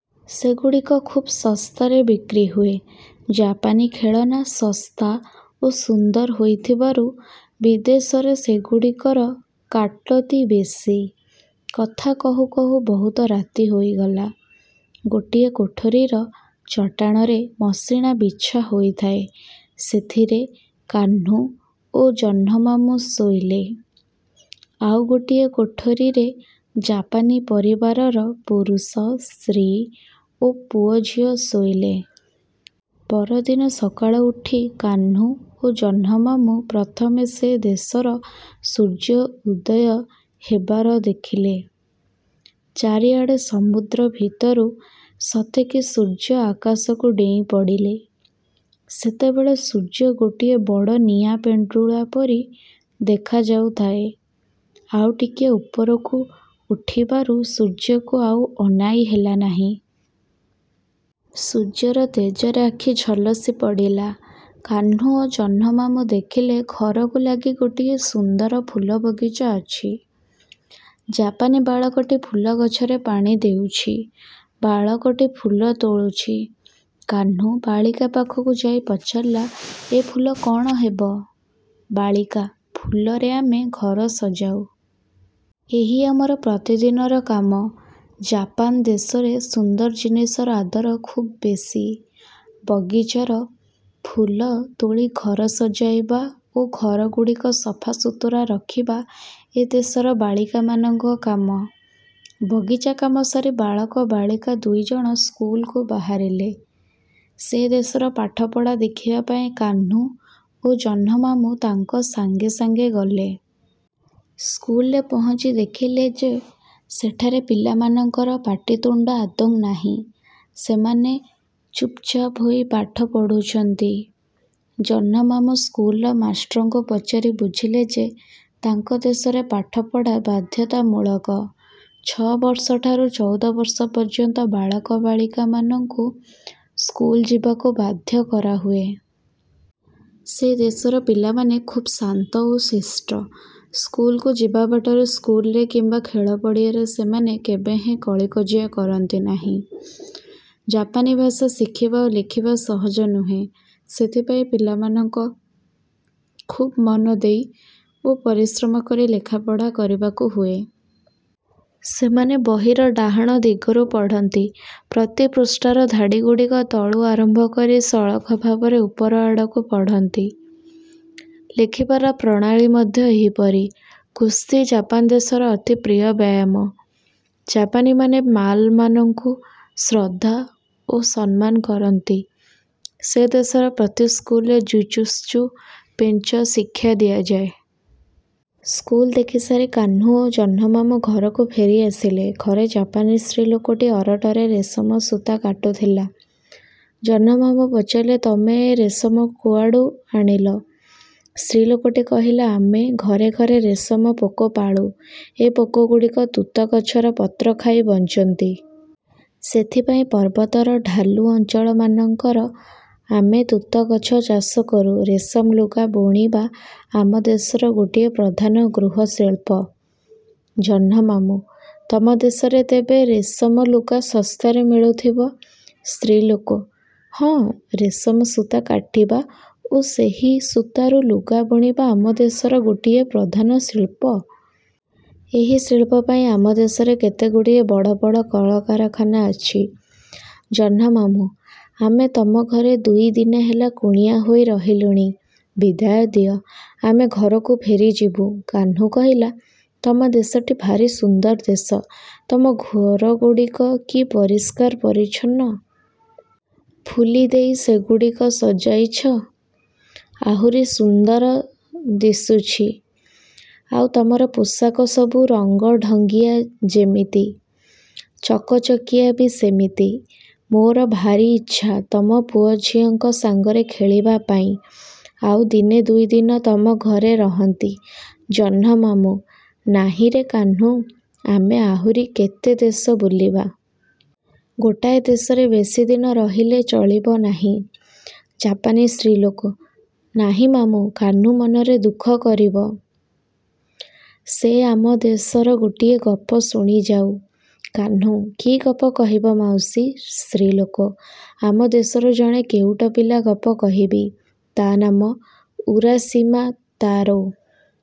ସେଗୁଡ଼ିକ ଖୁବ୍ ଶସ୍ତାରେ ବିକ୍ରି ହୁଏ। ଜାପାନୀ ଖେଳନା ଶସ୍ତା ଓ ସୁନ୍ଦର ହୋଇଥିବାରୁ ବିଦେଶରେ ସେଗୁଡ଼ିକର କାଟତି ବେଶି। କଥା କହୁ କହୁ ବହୁତ ରାତି ହେଇଗଲା। ଗୋଟିଏ କୋଠରିର ଚଟାଣରେ ମସିଣା ବିଛା ହୋଇଥାଏ। ସେଥିରେ କାହ୍ନୁ ଓ ଜହ୍ନମାମୁଁ ଶୋଇଲେ। ଆଉ ଗୋଟିଏ କୋଠରିରେ ଜାପାନୀ ପରିବାରର ପୁରୁଷ, ସ୍ତ୍ରୀ ଓ ପୁଅଝିଅ ଶୋଇଲେ। ପରଦିନ ସକାଳୁ ଉଠି କାହ୍ନୁ ଓ ଜହ୍ନମାମୁଁ ପ୍ରଥମେ ସେ ଦେଶର ସୂର୍ଯ୍ୟ ଉଦୟ ହେବାର ଦେଖିଲେ। ଚାରିଆଡ଼େ ସମୁଦ୍ର ଭିତରୁ ସତେକି ସୂର୍ଯ୍ୟ ଆକାଶକୁ ଡେଇଁ ପଡ଼ିଲେ! ସେତେବେଳେ ସୂର୍ଯ୍ୟଗୋଟିଏ ବଡ଼ ନିଆଁ ପେଣ୍ଡୁଳା ପରି ଦେଖାଯାଉଥାଏ। ଆଉ ଟିକିଏ ଉପରକୁ ଉଠିବାରୁ ସୂର୍ଯ୍ୟକୁ ଆଉ ଅନାଇ ହେଲା ନାହିଁ। ସୂର୍ଯ୍ୟର ତେଜରେ ଆଖି ଝଲସି ପଡ଼ିଲା। କାହ୍ନୁ ଓ ଜହ୍ନମାମୁଁ ଦେଖିଲେ ଘରକୁ ଲାଗି ଗୋଟିଏ ସୁନ୍ଦର ଫୁଲବଗିଚା ଅଛି। ଜାପାନୀ ବାଳକଟି ଫୁଲଗଛରେ ପାଣି ଦେଉଛି, ବାଳକଟି ଫୁଲ ତୋଳୁଛି। କାହ୍ନୁ ବାଳିକା ପାଖକୁ ଯାଇ ପଚାରିଲା-ଏ ଫୁଲ କ'ଣ ହେବ? ବାଳିକା-ଫୁଲରେ ଆମେ ଘର ସଜାଉ। ଏହା ଆମର ପ୍ରତିଦିନର କାମ। ଜାପାନ ଦେଶରେ ସୁନ୍ଦର ଜିନିଷର ଆଦର ଖୁବ୍ ବେଶି। ବଗିଚାର ଫୁଲ ତୋଳି ଘର ସଜାଇବା ଓ ଘରଗୁଡ଼ିକ ସଫାସୁତୁରା ରଖିବା ଏ ଦେଶର ବାଳିକାମାନଙ୍କ କାମ। ବଗିଚା କାମ ସାରି ବାଳକ ବାଳିକା ଦୁଇଜଣ ସ୍କୁଲକୁ ବାହାରିଲେ। ସେ ଦେଶର ପାଠପଢ଼ା ଦେଖିବା ପାଇଁ କାହ୍ନୁ ଓ ଜହ୍ନମାମୁଁ ତାଙ୍କ ସାଙ୍ଗେ ସାଙ୍ଗେ ଗଲେ। ସ୍କୁଲରେ ପହଞ୍ଚି ଦେଖିଲେ ଯେ ସେଠାରେ ପିଲାମାନଙ୍କର ପାଟିତୁଣ୍ଡ ଆଦୌ ନାହିଁ। ସେମାନେ ଚୁପ୍ଚାପ୍ ହୋଇ ପାଠ ପଢ଼ୁଛନ୍ତି। ଜହ୍ନମାମୁଁ ସ୍କୁଲର ମାଷ୍ଟରଙ୍କୁ ପଚାରି ବୁଝିଲେ ଯେ, ତାଙ୍କ ଦେଶରେ ପାଠପଢ଼ା ବାଧ୍ୟତାମୂଳକ। ଛ'ବର୍ଷଠାରୁ ଚଉଦ ବର୍ଷ ପର୍ଯ୍ୟନ୍ତ ବାଳକ ବାଲିକାମାନଙ୍କୁ ସ୍କୁଲ ଯିବାକୁ ବାଧ୍ୟ କରାହୁଏ। ସେ ଦେଶର ପିଲାମାନେ ଖୁବ୍ ଶାନ୍ତ ଓ ଶିଷ୍ଟ। ସ୍କୁଲକୁ ଯିବା ବାଟରେ, ସ୍କୁଲରେ କିମ୍ବା ଖେଳପଡ଼ିଆରେ ସେମାନେ କେବେହେଁ କଳିକଜିଆ କରନ୍ତି ନାହିଁ। ଜାପାନୀ ଭାଷା ଶିଖିବା ଓ ଲେଖିବା ସହଜ ନୁହେଁ। ସେଥିପାଇଁ ପିଲାମାନଙ୍କ ଖୁବ୍ ମନଦେଇ ଓ ପରିଶ୍ରମ କରି ଲେଖାପଢ଼ା କରିବାକୁ ହୁଏ। ସେମାନେ ବହିର ଡାହାଣ ଦିଗରୁ ପଢ଼ନ୍ତି। ପ୍ରତି ପୃଷ୍ଠାର ଧାଡ଼ିଗୁଡ଼ିକ ତଳୁ ଆରମ୍ଭ କରି ସଳଖ ଭାବରେ ଉପର ଆଡ଼କୁ ପଢ଼ନ୍ତି। ଲେଖିବାର ପ୍ରଣାଳୀ ମଧ୍ୟ ଏହିପରି। କୁସ୍ତି ଜାପାନ ଦେଶର ଅତି ପ୍ରିୟ ବ୍ୟାୟାମ। ଜାପାନୀମାନେ ମାଲମାନଙ୍କୁ ଶ୍ରଦ୍ଧା ଓ ସମ୍ମାନ କରନ୍ତି। ସେ ଦେଶର ପ୍ରତି ସ୍କୁଲରେ ଯୁଯୁତ୍ସୁ ପେଞ୍ଚ ଶିକ୍ଷା ଦିଆଯାଏ। ସ୍କୁଲ ଦେଖିସାରି କାହ୍ନୁ ଓ ଜହ୍ନମାମୁଁ ଘରକୁ ଫେରି ଆସିଲେ। ଘରେ ଜାପାନୀ ସ୍ତ୍ରୀଲୋକଟି ଅରଟରେ ରେଶମ ସୂତା କାଟୁଥିଲା। ଜହ୍ନମାମୁଁ ପଚାରିଲେ-ତମେ ଏ ରେଶମ କୁଆଡ଼ୁ ଆଣିଲ? ସ୍ତ୍ରୀଲୋକଟି କହିଲା-ଆମେ ଘରେ ଘରେ ରେଶମ ପୋକ ପାଳୁ। ଏ ପୋକଗୁଡ଼ିକ ତୁତଗଛର ପତ୍ର ଖାଇ ବଞ୍ଚନ୍ତି। ସେଥିପାଇଁ ପର୍ବତର ଢାଲୁ ଅଞ୍ଚଳମାନଙ୍କର ଆମେ ତୁତଗଛ ଚାଷ କରୁ। ରେଶମ ଲୁଗା ବୁଣିବା ଆମ ଦେଶର ଗୋଟିଏ ପ୍ରଧାନ ଗୃହଶିଳ୍ପ। ଜହ୍ନମାମୁଁ-ତମ ଦେଶରେ ତେବେ ରେଶମ ଲୁଗା ଶସ୍ତାରେ ମିଳୁଥିବ? ସ୍ତ୍ରୀଲୋକ-ହଁ, ରେଶମ ସୂତା କାଟିବା ଓ ସେହି ସୂତାରୁ ଲୁଗା ବୁଣିବା ଆମ ଦେଶର ଗୋଟିଏ ପ୍ରଧାନ ଶିଳ୍ପ। ଏହି ଶିଳ୍ପ ପାଇଁ ଆମ ଦେଶରେ କେତେଗୁଡ଼ିଏ ବଡ଼ ବଡ଼ କଳକାରଖାନା ଅଛି। ଜହ୍ନମାମୁଁ-ଆମେ ତମ ଘରେ ଦୁଇଦିନେ ହେଲା କୁଣିଆ ହୋଇ ରହିଲୁଣି। ବିଦାୟ ଦିଅ, ଆମେ ଘରକୁ ଫେରିଯିବୁ। କାହ୍ନୁ କହିଲା-ତମ ଦେଶଟି ଭାରି ସୁନ୍ଦର ଦେଶ। ତମ ଘରଗୁଡ଼ିକ କି ପରିଷ୍କାର ପରିଚ୍ଛନ୍ନ! ଫୁଲିଦେଇ ସେଗୁଡ଼ିକ ସଜାଇଛ-ଆହୁରି ସୁନ୍ଦର ଦିଶୁଛି। ଆଉ ତମର ପୋଷାକ ସବୁ ରଙ୍ଗଢଙ୍ଗିଆ ଯେମିତି, ଚକଚକିଆ ବି ସେମିତି। ମୋର ଭାରି ଇଚ୍ଛା, ତମ ପୁଅ ଝିଅଙ୍କ ସାଙ୍ଗରେ ଖେଳିବା ପାଇଁ ଆଉ ଦିନେ ଦୁଇଦିନ ତମ ଘରେ ରହନ୍ତି। ଜହ୍ନମାମୁଁ-ନାହିଁରେ କାହ୍ନୁ! ଆମେ ଆହୁରି କେତେ ଦେଶ ବୁଲିବା। ଗୋଟାଏ ଦେଶରେ ବେଶୀ ଦିନ ରହିଲେ ଚଳିବ ନାହିଁ। ଜାପାନୀ ସ୍ତ୍ରୀଲୋକ-ନାହିଁ ମାମୁଁ! କାହ୍ନୁ ମନରେ ଦୁଃଖ କରିବ। ସେ ଆମ ଦେଶର ଗୋଟିଏ ଗପ ଶୁଣିଯାଉ। କାହ୍ନୁ-କି ଗପ କହିବ ମାଉସୀ? ସ୍ତ୍ରୀଲୋକ-ଆମ ଦେଶର ଜଣେ କେଉଟ ପିଲା ଗପ କହିବି। ତା' ନାମ ଉରାଶିମା ତାରୋ।